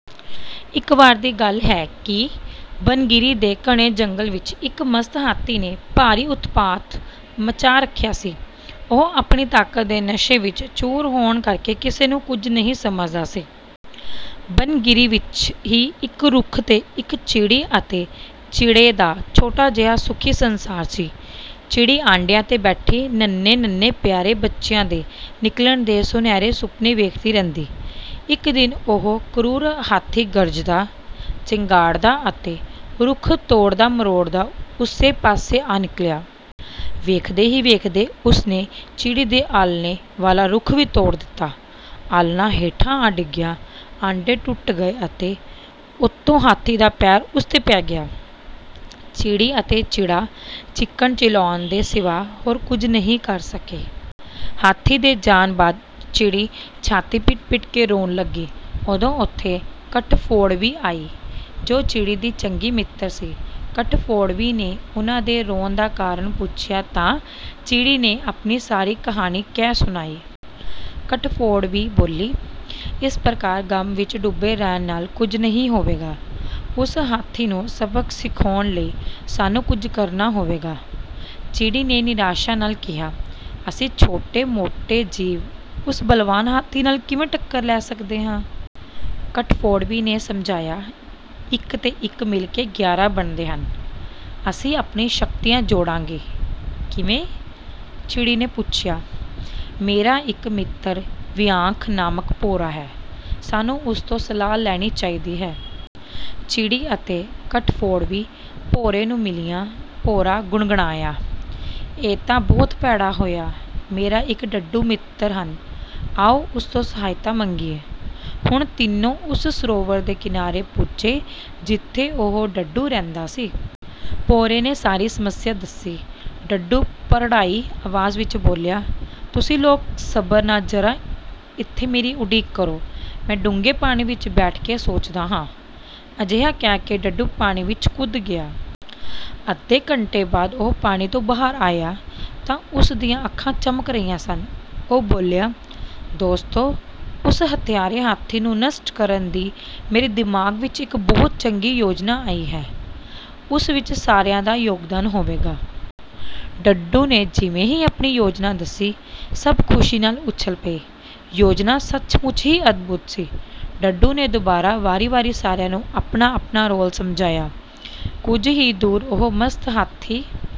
ਇੱਕ ਵਾਰ ਦੀ ਗੱਲ ਹੈ ਕਿ ਬਨਗਿਰੀ ਦੇ ਘਣੇ ਜੰਗਲ ਵਿੱਚ ਇੱਕ ਮਸਤ ਹਾਥੀ ਨੇ ਭਾਰੀ ਉਤਪਾਤ ਮਚਾ ਰੱਖਿਆ ਸੀ। ਉਹ ਆਪਣੀ ਤਾਕਤ ਦੇ ਨਸ਼ੇ ਵਿੱਚ ਚੂਰ ਹੋਣ ਕਰਕੇ ਕਿਸੇ ਨੂੰ ਕੁਝ ਨਹੀਂ ਸਮਝਦਾ ਸੀ। ਬਨਗਿਰੀ ਵਿੱਚ ਹੀ ਇੱਕ ਰੁੱਖ 'ਤੇ ਇੱਕ ਚਿੜੀ ਅਤੇ ਚਿੜੇ ਦਾ ਛੋਟਾ ਜਿਹਾ ਸੁਖੀ ਸੰਸਾਰ ਸੀ। ਚਿੜੀ ਆਂਡਿਆਂ 'ਤੇ ਬੈਠੀ ਨੰ੍ਹੇ-ਨੰ੍ਹੇ ਪਿਆਰੇ ਬੱਚਿਆਂ ਦੇ ਨਿਕਲਣ ਦੇ ਸੁਨਹਰੇ ਸੁਪਨੇ ਵੇਖਦੀ ਰਹਿੰਦੀ। ਇੱਕ ਦਿਨ ਉਹ ਕਰੂਰ ਹਾਥੀ ਗਰਜਦਾ, ਚਿੰਘਾੜਦਾ ਅਤੇ ਰੁੱਖ ਤੋੜਦਾ-ਮਰੋੜਦਾ ਉਸੇ ਪਾਸੇ ਆ ਨਿਕਲਿਆ। ਵੇਖਦੇ ਹੀ ਵੇਖਦੇ ਉਸ ਨੇ ਚਿੜੀ ਦੇ ਆਲ੍ਹਣੇ ਵਾਲਾ ਰੁੱਖ ਵੀ ਤੋੜ ਦਿੱਤਾ। ਆਲ੍ਹਣਾ ਹੇਠਾਂ ਆ ਡਿੱਗਿਆ, ਆਂਡੇ ਟੁੱਟ ਗਏ ਅਤੇ ਉੱਤੋਂ ਹਾਥੀ ਦਾ ਪੈਰ ਉਸ 'ਤੇ ਪੈ ਗਿਆ। ਚਿੜੀ ਅਤੇ ਚਿੜਾ ਚੀਕਣ-ਚਿਲਾਉਣ ਦੇ ਸਿਵਾ ਹੋਰ ਕੁਝ ਨਹੀਂ ਕਰ ਸਕੇ। ਹਾਥੀ ਦੇ ਜਾਣ ਬਾਅਦ ਚਿੜੀ ਛਾਤੀ ਪਿੱਟ-ਪਿੱਟ ਕੇ ਰੋਣ ਲੱਗੀ। ਉਦੋਂ ਉੱਥੇ ਕੱਠਫੋੜਵੀ ਆਈ, ਜੋ ਚਿੜੀ ਦੀ ਚੰਗੀ ਮਿੱਤਰ ਸੀ। ਕੱਠਫੋੜਵੀ ਨੇ ਉਹਨਾਂ ਦੇ ਰੋਣ ਦਾ ਕਾਰਨ ਪੁੱਛਿਆ ਤਾਂ ਚਿੜੀ ਨੇ ਆਪਣੀ ਸਾਰੀ ਕਹਾਣੀ ਕਹਿ ਸੁਣਾਈ। ਕੱਠਫੋੜਵੀ ਬੋਲੀ, "ਇਸ ਪ੍ਰਕਾਰ ਗ਼ਮ ਵਿੱਚ ਡੁੱਬੇ ਰਹਿਣ ਨਾਲ ਕੁਝ ਨਹੀਂ ਹੋਵੇਗਾ। ਉਸ ਹਾਥੀ ਨੂੰ ਸਬਕ ਸਿਖਾਉਣ ਲਈ ਸਾਨੂੰ ਕੁਝ ਕਰਨਾ ਹੋਵੇਗਾ।" ਚਿੜੀ ਨੇ ਨਿਰਾਸ਼ਾ ਨਾਲ ਕਿਹਾ, "ਅਸੀਂ ਛੋਟੇ-ਮੋਟੇ ਜੀਵ ਉਸ ਬਲਵਾਨ ਹਾਥੀ ਨਾਲ ਕਿਵੇਂ ਟੱਕਰ ਲੈ ਸਕਦੇ ਹਾਂ?" ਕੱਠਫੋੜਵੀ ਨੇ ਸਮਝਾਇਆ, "ਇੱਕ ਤੇ ਇੱਕ ਮਿਲ ਕੇ ਗਿਆਰਾਂ ਬਣਦੇ ਹਨ। ਅਸੀਂ ਆਪਣੀਆਂ ਸ਼ਕਤੀਆਂ ਜੋੜਾਂਗੇ।" "ਕਿਵੇਂ?" ਚਿੜੀ ਨੇ ਪੁੱਛਿਆ। "ਮੇਰਾ ਇੱਕ ਮਿੱਤਰ ਵੀਂਆਖ ਨਾਮਕ ਭੌਰਾ ਹੈ, ਸਾਨੂੰ ਉਸ ਤੋਂ ਸਲਾਹ ਲੈਣੀ ਚਾਹੀਦੀ ਹੈ।" ਚਿੜੀ ਅਤੇ ਕੱਠਫੋੜਵੀ ਭੌਰੇ ਨੂੰ ਮਿਲੀਆਂ। ਭੌਰਾ ਗੁਣਗੁਣਾਇਆ, "ਇਹ ਤਾਂ ਬਹੁਤ ਭੈੜਾ ਹੋਇਆ। ਮੇਰੇ ਇੱਕ ਡੱਡੂ ਮਿੱਤਰ ਹਨ, ਆਓ ਉਸ ਤੋਂ ਸਹਾਇਤਾ ਮੰਗੀਏ।" ਹੁਣ ਤਿੰਨੋਂ ਉਸ ਸਰੋਵਰ ਦੇ ਕਿਨਾਰੇ ਪੁੱਜੇ ਜਿੱਥੇ ਉਹ ਡੱਡੂ ਰਹਿੰਦਾ ਸੀ। ਭੌਰੇ ਨੇ ਸਾਰੀ ਸਮੱਸਿਆ ਦੱਸੀ। ਡੱਡੂ ਭਰੜਾਈ ਆਵਾਜ਼ ਵਿੱਚ ਬੋਲਿਆ, "ਤੁਸੀਂ ਲੋਕ ਸਬਰ ਨਾਲ ਜ਼ਰਾ ਇੱਥੇ ਮੇਰੀ ਉਡੀਕ ਕਰੋ, ਮੈਂ ਡੂੰਘੇ ਪਾਣੀ ਵਿੱਚ ਬੈਠ ਕੇ ਸੋਚਦਾ ਹਾਂ।" ਅਜਿਹਾ ਕਹਿ ਕੇ ਡੱਡੂ ਪਾਣੀ ਵਿੱਚ ਕੁੱਦ ਗਿਆ। ਅੱਧੇ ਘੰਟੇ ਬਾਅਦ ਉਹ ਪਾਣੀ ਤੋਂ ਬਾਹਰ ਆਇਆ ਤਾਂ ਉਸ ਦੀਆਂ ਅੱਖਾਂ ਚਮਕ ਰਹੀਆਂ ਸਨ। ਉਹ ਬੋਲਿਆ, "ਦੋਸਤੋ! ਉਸ ਹੱਤਿਆਰੇ ਹਾਥੀ ਨੂੰ ਨਸ਼ਟ ਕਰਨ ਦੀ ਮੇਰੇ ਦਿਮਾਗ਼ ਵਿੱਚ ਇੱਕ ਬਹੁਤ ਚੰਗੀ ਯੋਜਨਾ ਆਈ ਹੈ, ਉਸ ਵਿੱਚ ਸਾਰਿਆਂ ਦਾ ਯੋਗਦਾਨ ਹੋਵੇਗਾ।" ਡੱਡੂ ਨੇ ਜਿਵੇਂ ਹੀ ਆਪਣੀ ਯੋਜਨਾ ਦੱਸੀ, ਸਭ ਖ਼ੁਸ਼ੀ ਨਾਲ ਉੱਛਲ ਪਏ। ਯੋਜਨਾ ਸਚਮੁੱਚ ਹੀ ਅਦਭੁਤ ਸੀ। ਡੱਡੂ ਨੇ ਦੁਬਾਰਾ ਵਾਰੀ-ਵਾਰੀ ਸਾਰਿਆਂ ਨੂੰ ਆਪਣਾ-ਆਪਣਾ ਰੋਲ ਸਮਝਾਇਆ। ਕੁਝ ਹੀ ਦੂਰ ਉਹ ਮਸਤ ਹਾਥੀ